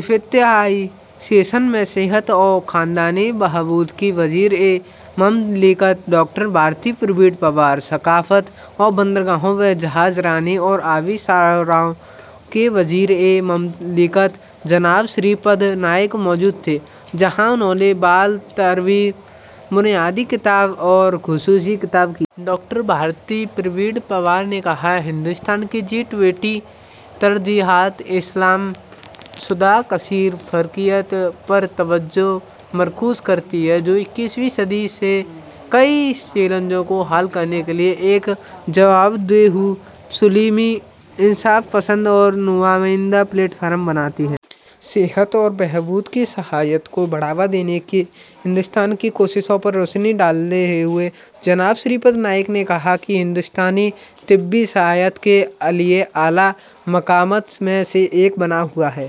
افتتاحی سیشن میں صحت و خاندانی بہبود کی وزیر مملکت ڈاکٹر بھارتی پروین پوار، ثقافت اور بندرگاہوں و جہاز رانی اور آبی شاہراہوں کے وزیر مملکت جناب شری پد نائک موجود تھے، جہاں انہوں نے بالترتیب بنیادی خطاب اور خصوصی خطاب کیے۔ ڈاکٹر بھارتی پروین پوار نے کہا، "ہندوستان کی جی ٹوئنٹی ترجیحات اصلاح شدہ کثیر فریقیت پر توجہ مرکوز کرتی ہیں، جو اکیسویں صدی میں کئی چیلنجوں کو حل کرنے کے لیے ایک جواب دہ، شمولیتی، انصاف پسند اور نمائندہ پلیٹ فارم بناتی ہیں۔" صحت اور بہبود کی سیاحت کو بڑھاوا دینے میں ہندوستان کی کوششوں پر روشنی ڈالتے ہوئے جناب شری پد نائک نے کہا کہ ہندوستان طبی سیاحت کے لیے اعلیٰ مقامات میں سے ایک بنا ہوا ہے۔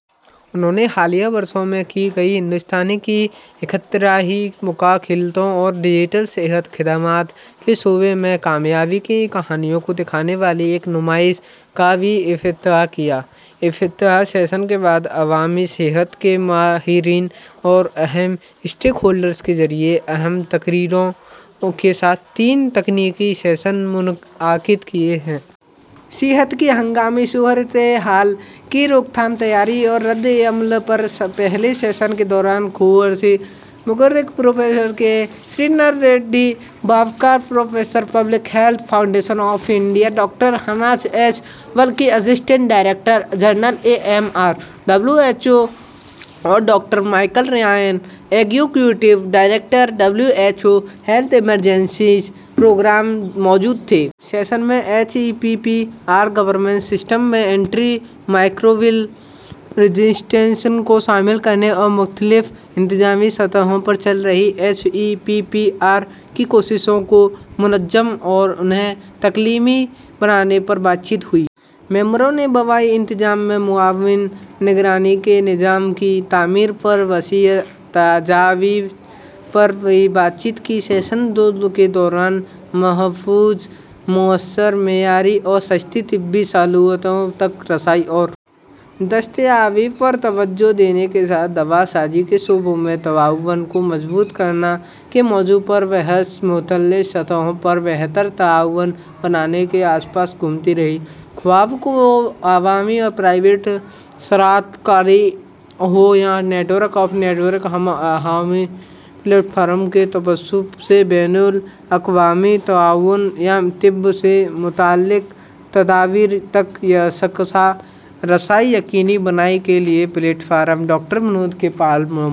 انہوں نے حالیہ برسوں میں کی گئی ہندوستان کی اختراعی مداخلتوں اور ڈیجیٹل صحت خدمات کے شعبے میں کامیابی کی کہانیوں کو دکھانے والی ایک نمائش کا بھی افتتاح کیا۔ افتتاحی سیشن کے بعد عوامی صحت کے ماہرین اور اہم اسٹیک ہولڈرز کے ذریعے اہم تقریروں کے ساتھ تین تکنیکی سیشن منعقد کیے گئے۔ "صحت کی ہنگامی صورتحال کی روک تھام، تیاری اور ردعمل" پر پہلے سیشن کے دوران خصوصی مقرر professor K Srinath Reddy, باوقار professor, public health foundation of India, doctor Hanan H Balkhy, assistant director general A M R, W H O, اور doctor Michael Ryan, executive director, W H O health emergencies programme, موجود تھے۔ Session میں H E P P R governance system میں antimicrobial resistance کو شامل کرنے اور مختلف انتظامی سطحوں پر چل رہی H E P P R کی کوششوں کو منظم اور انہیں تکمیلی بنانے پر بات چیت ہوئی۔ ممبروں نے وبائی انتظام میں معاون نگرانی کے نظام کی تعمیر پر وسیع تجاویز پر بھی بات چیت کی۔ سیشن دو کے دوران "محفوظ، مؤثر، معیاری اور سستی طبی سہولتوں تک رسائی اور دستیابی پر توجہ دینے کے ساتھ دوا سازی کے شعبے میں تعاون کو مضبوط کرنا" کے موضوع پر بحث مختلف سطحوں پر بہتر تعاون بنانے کے آس پاس گھومتی رہی، خواہ وہ عوامی اور نجی شراکت داری ہو یا network of network تال میل پلیٹ فارم کے توسط سے بین الاقوامی تعاون، یا طب سے متعلق تدابیر تک یکساں رسائی یقینی بنانے کے لیے platform. Doctor Vinod K Paul, ممبر